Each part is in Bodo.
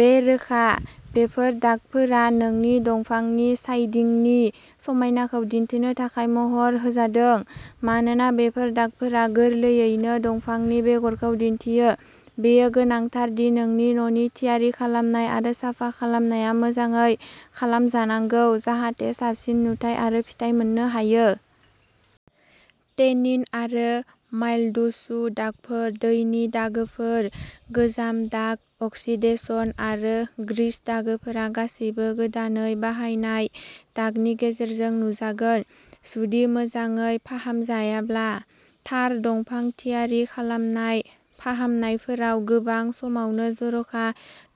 बे रोखा बेफोर दागफोरा नोंनि दंफांनि साइदिंनि समायनाखौ दिन्थिनो थाखाय महर होजादों। मानोना बेफोर दागफोरा गोरलैयैनो दंफांनि बेगरखौ दिन्थियो, बेयो गोनांथार दि नोंनि न'नि थियारि खालामनाय आरो साफा खालामनाया मोजाङै खालामजानांगौ जाहाथे साबसिन नुथाय आरो फिथाइ मोननो हायो। टेनिन आरो माइल्ड्यु दागफोर, दैनि दागोफोर, गोजाम दाग अक्सिडेशन आरो ग्रीस दागोफोरा गासैबो गोदानै बाहायनाय दागनि गेजेरजों नुजागोन जुदि मोजाङै फाहामजायाब्ला। थार दंफां थियारि खालामनाय फाहामनायफोराव गोबां समावनो जर'खा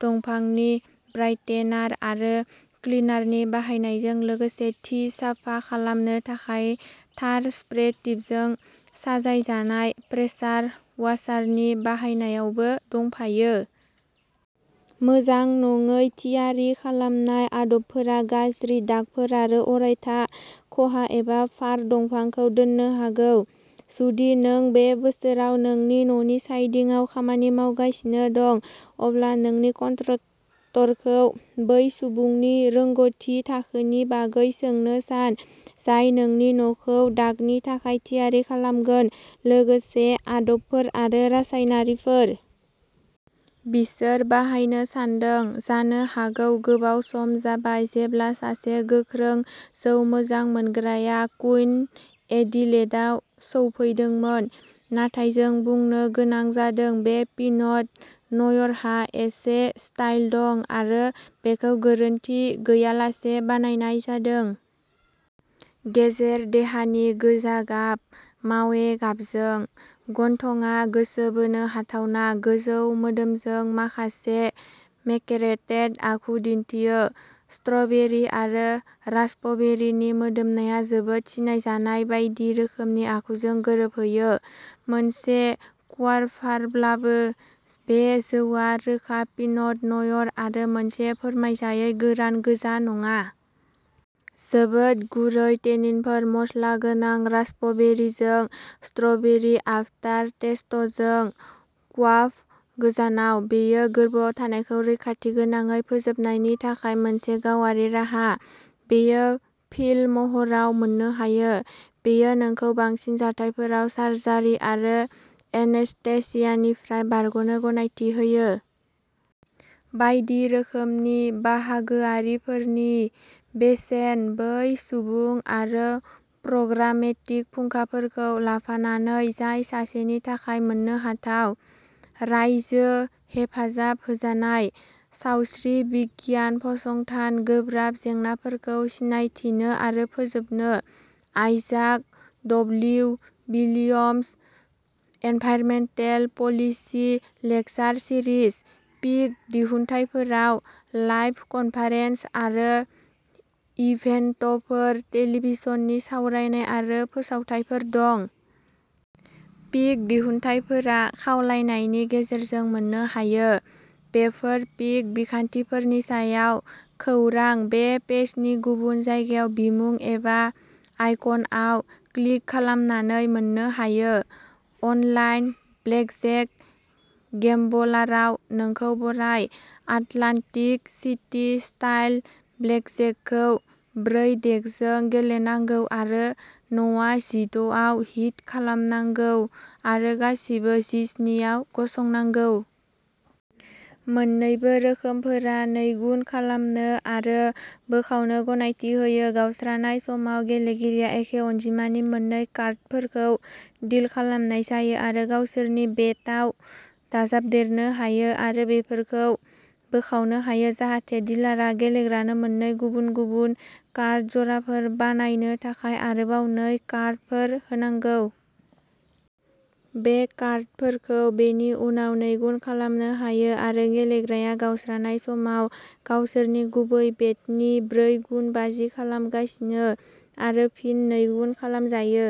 दंफांनि ब्राइटेनार आरो क्लिनारनि बाहायनायजों लोगोसे थि साफा खालामनो थाखाय थार स्प्रे टिपजों साजायजानाय प्रेसार वाशारनि बाहायनायबो दंफायो। मोजां नङै थियारि खालामनाय आदबफोरा गाज्रि दागफोर आरो अरायथा खहा एबा फार दंफांखौ दोननो हागौ। जुदि नों बे बोसोराव नोंनि न'नि साइदिंआव खामानि मावगासिनो दं, अब्ला नोंनि कन्ट्रेक्टरखौ बै सुबुंनि रोंग'थि थाखोनि बागै सोंनो सान, जाय नोंनि न'खौ दागनि थाखाय थियारि खालामगोन लोगोसे आदबफोर आरो रासायनारिफोर। बिसोर बाहायनो सानदों। जानो हागौ गोबाव सम जाबाय जेब्ला सासे गोख्रों जौ मोजां मोनग्राया कुइन एडिलेडआव सौफैदोंमोन, नाथाय जों बुंनो गोनां जादों, बे पिनट न'इरहा एसे स्टाइल दं आरो बेखौ गोरोनथि गैयालासे बानायनाय जादों। गेजेर देहानि गोजा गाब, मावे गाबजों। गन्थंआ गोसो बोनो हाथावना, गोजौ मोदोमजों, माखासे मेकरेटेड आखु दिन्थियो। स्ट्र'बेरि आरो रास्पबेरिनि मोदोमनाया जोबोद सिनायजानाय बायदि रोखोमनि आखुजों गोरोबहैयो। मोनसे क्वाफारब्लाबो, बे जौआ रोखा पिनट न'इर-आरो मोनसे फोरमायजायै गोरान गोजा नङा। जोबोद गुरै टेनिनफोर, मस्ला गोनां रास्पबेरीजों, स्ट्र'बेरि आफटारटेस्टजों। क्वाफ गोजानाव! बेयो गोरबोआव थानायखौ रैखाथिगोनाङै फोजोबनायनि थाखाय मोनसे गावारि राहा। बेयो पिल महराव मोननो हायो। बेयो नोंखौ बांसिन जाथायफोराव सार्जारि आरो एनेस्थेसियानिफ्राय बारग'नो गनायथि होयो। बायदि रोखोमनि बाहागोआरिफोरनि बेसेन-बै सुबुं आरो प्रग्रामेटिक फुंखाफोरखौ लाफानानै जाय सासेनि थाखाय मोननोहाथाव। रायजो-हेफाजाब होजानाय, सावस्रि बिगियान फसंथान-गोब्राब जेंनाफोरखौ सिनायथिनो आरो फोजोबनो। Isaac W. Williams environmental policy lecture series. पिक'दिहुनथायफोराव लाइभ कनफारेन्स आरो इभेन्टफोर, टेलिभिजननि सावरायनाय आरो फोसावथायफोर दं। पिक'दिहुनथायफोरा खावलायनायनि गेजेरजों मोननो हायो। बेफोर पिक'बिथांखिफोरनि सायाव खौरां बे पेजनि गुबुन जायगायाव बिमुं एबा आइकनआव क्लिक खालामनानै मोननो हायो। अनलाइन ब्लेकजेक गेम्बलारआव नोंखौ बराय! आटलान्टिक सिटी स्टाइल ब्लेकजेकखौ ब्रै डेकजों गेलेनांगौ आरो न'आ जिद' आव हिट खालामनांगौ आरो गासिबो जिस्नि आव गसंनांगौ। मोन्नैबो रोखोमफोरा नैगुन खालामनो आरो बोखावनो गनायथि होयो। गावस्रानाय समाव, गेलेगिरिया एखे अनजिमानि मोन्नै कार्डफोरखौ डिल खालामनाय जायो आरो गावसोरनि बेटआव दाजाबदेरनो हायो आरो बेफोरखौ बोखावनो हायो जाहाथे डिलारआ गेलेग्रानो मोननै गुबुन-गुबुन कार्ड जराफोर बानायनो थाखाय आरोबाव नै कार्डफोर होनांगौ। बे कार्डफोरखौ बेनि उनाव नैगुन खालामनो हायो आरो गेलेग्राया गावस्रानाय समाव गावसोरनि गुबै बेटनि ब्रै गुन बाजि खालामगासिनो आरो फिन नैगुन खालामजायो।